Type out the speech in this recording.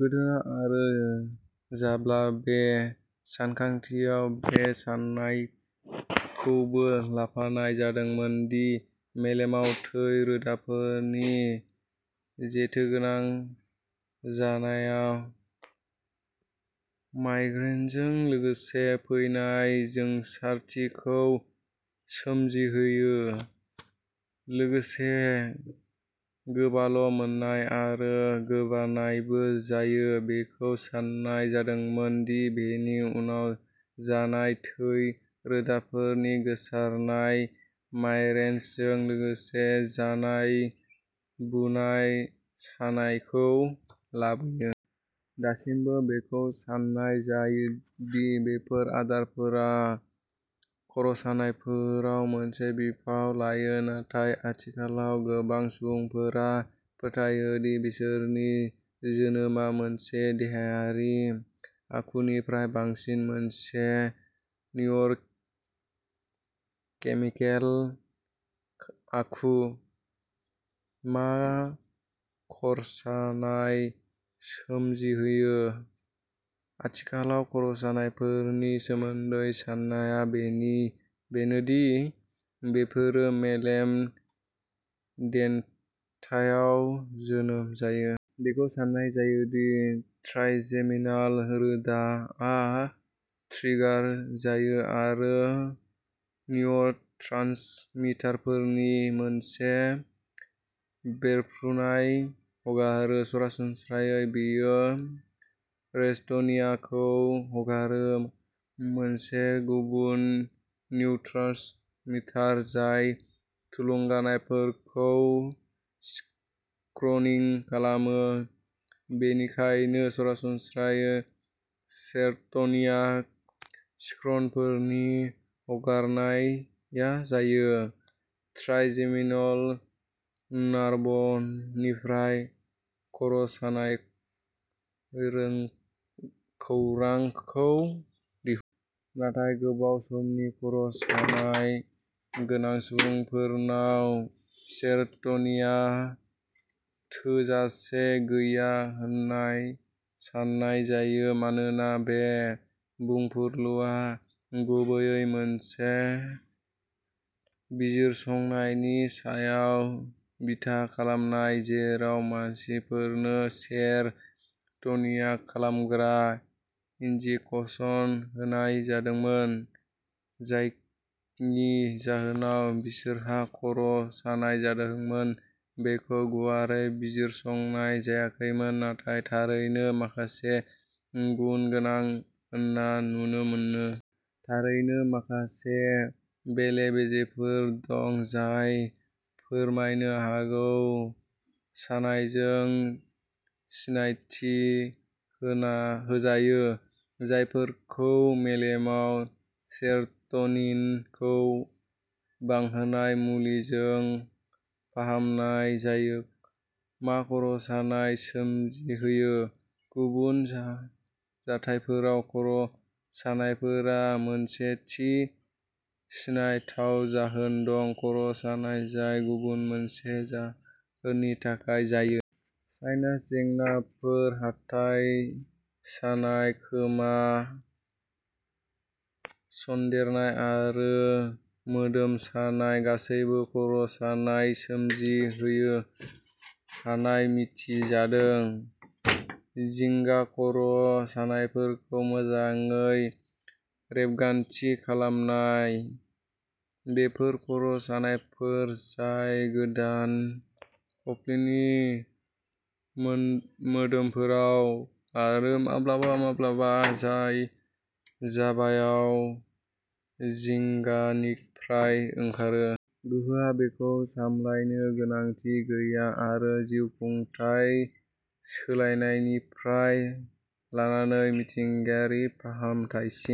गोदोना आरो जाब्ला बे सानखांथियाव बे साननायखौबो लाफानाय जादोंमोन दि मेलेमाव थै रोदाफोरनि जेथोगोनां जानाया माइग्रेनजों लोगोसे फैनाय जोंसारथिखौ सोमजिहोयो, लोगोसे गोबाल'मोननाय आरो गोबानायबो जायो। बेखौ साननाय जादोंमोन दि बेनि उनाव जानाय थै रोदाफोरनि गोसारनाय माइरेन्सजों लोगोसे जानाय बुनाय सानायखौ लाबोयो। दासिमबो बेखौ साननाय जायो दि बेफोर आदारफोरा खर'सानायफोराव मोनसे बिफाव लायो, नाथाय आथिखालाव गोबां सुबुंफोरा फोथायो दि बिसोरनि जोनोमा मोनसे देहायारि आखुनिख्रुइ बांसिन मोनसे निउर'केमिकेल आखु। मा खर'सानाय सोमजिहोयो? आथिखालाव खर'सानायफोरनि सोमोन्दै साननाया बेनि बेनो दि बेफोरो मेलेम देन्थायाव जोनोम जायो। बेखौ साननाय जायो दि ट्राइजेमिनाल रोदाआ ट्रिगार जायो आरो निउर'ट्रान्समिटारफोरनि मोनसे बेरफ्रुनाय हगारो। सरासनस्रायै, बेयो सेर'ट'निनखौ हगारो, मोनसे गुबुन निउर'ट्रान्समिटार जाय थुलुंगानायफोरखौ "स्क्रनिं" खालामो। बेनिखायनो, सरासनस्रायै, सेर'ट'निया स्क्रनफोरनि हगारनाया जायो। ट्राइजेमिनल नार्भनिफ्राय "खर" सानाय खौरां "खौ दिहु। नाथाय, गोबाव समनि खर" सानाय गोनां सुबुंफोरनाव सेर "टनिया थोजासे गैया होनना साननाय जायो। मानोना बे बुंफुरलुआ गुबैयै मोनसे बिजिरसंनायनि सायाव बिथा खालामजानाय जेराव मानसिफोरनो सेर" टनिन-खालामग्रा इन्जिप'स'न होनाय जादोंमोन, जायनि जाहोनाव बिसोरहा खर "सानाय जादोंमोन, बेखौ गुवारै बिजिरसंनाय जायाखैमोन, नाथाय थारैनो माखासे गुन गोनां होनना नुनो मोनो। थारैनो, माखासे बेले-बेजेफोर दं जाय फोरमायनो हागौ सानायजों सिनायथि होय होजायो जायफोरखौ मेलेमाव सेर" टनिनखौ बांहोनाय मुलिजों फाहामनाय जायो। मा खर "सानाय सोमजिहोयो? गुबुन जा जाथायफोराव, खर" सानायफोरा मोनसे थि सिनायथाव जाहोन दं-खर "सानाय जाय गुबुन मोनसे जाहोननि थाखाय जायो। साइनास जेंनाफोर, हाथाइ सानाय, खोमा सन्देरनाय आरो मोदोम सानाय गासैबो खर" सानाय सोमजिहोयो हानाय मिथिजादों। जिंगा खर "सानायफोरखौ मोजाङै रेबगान्थि खालामनाय। बेफोर खर" सानायफोर जाय गोदोनफफिनि मोन मोदोमफोराव आरो माब्लाबा-माब्लाबा जाय जाबायाव जिंगानिफ्राय ओंखारो। गोहोआ-बेखौ सामलायनो गोनांथि गैया, आरो जिउखुंथाय सोलायनायनिफ्राय लानानै मिथिंगायारि फाहामथायसिम,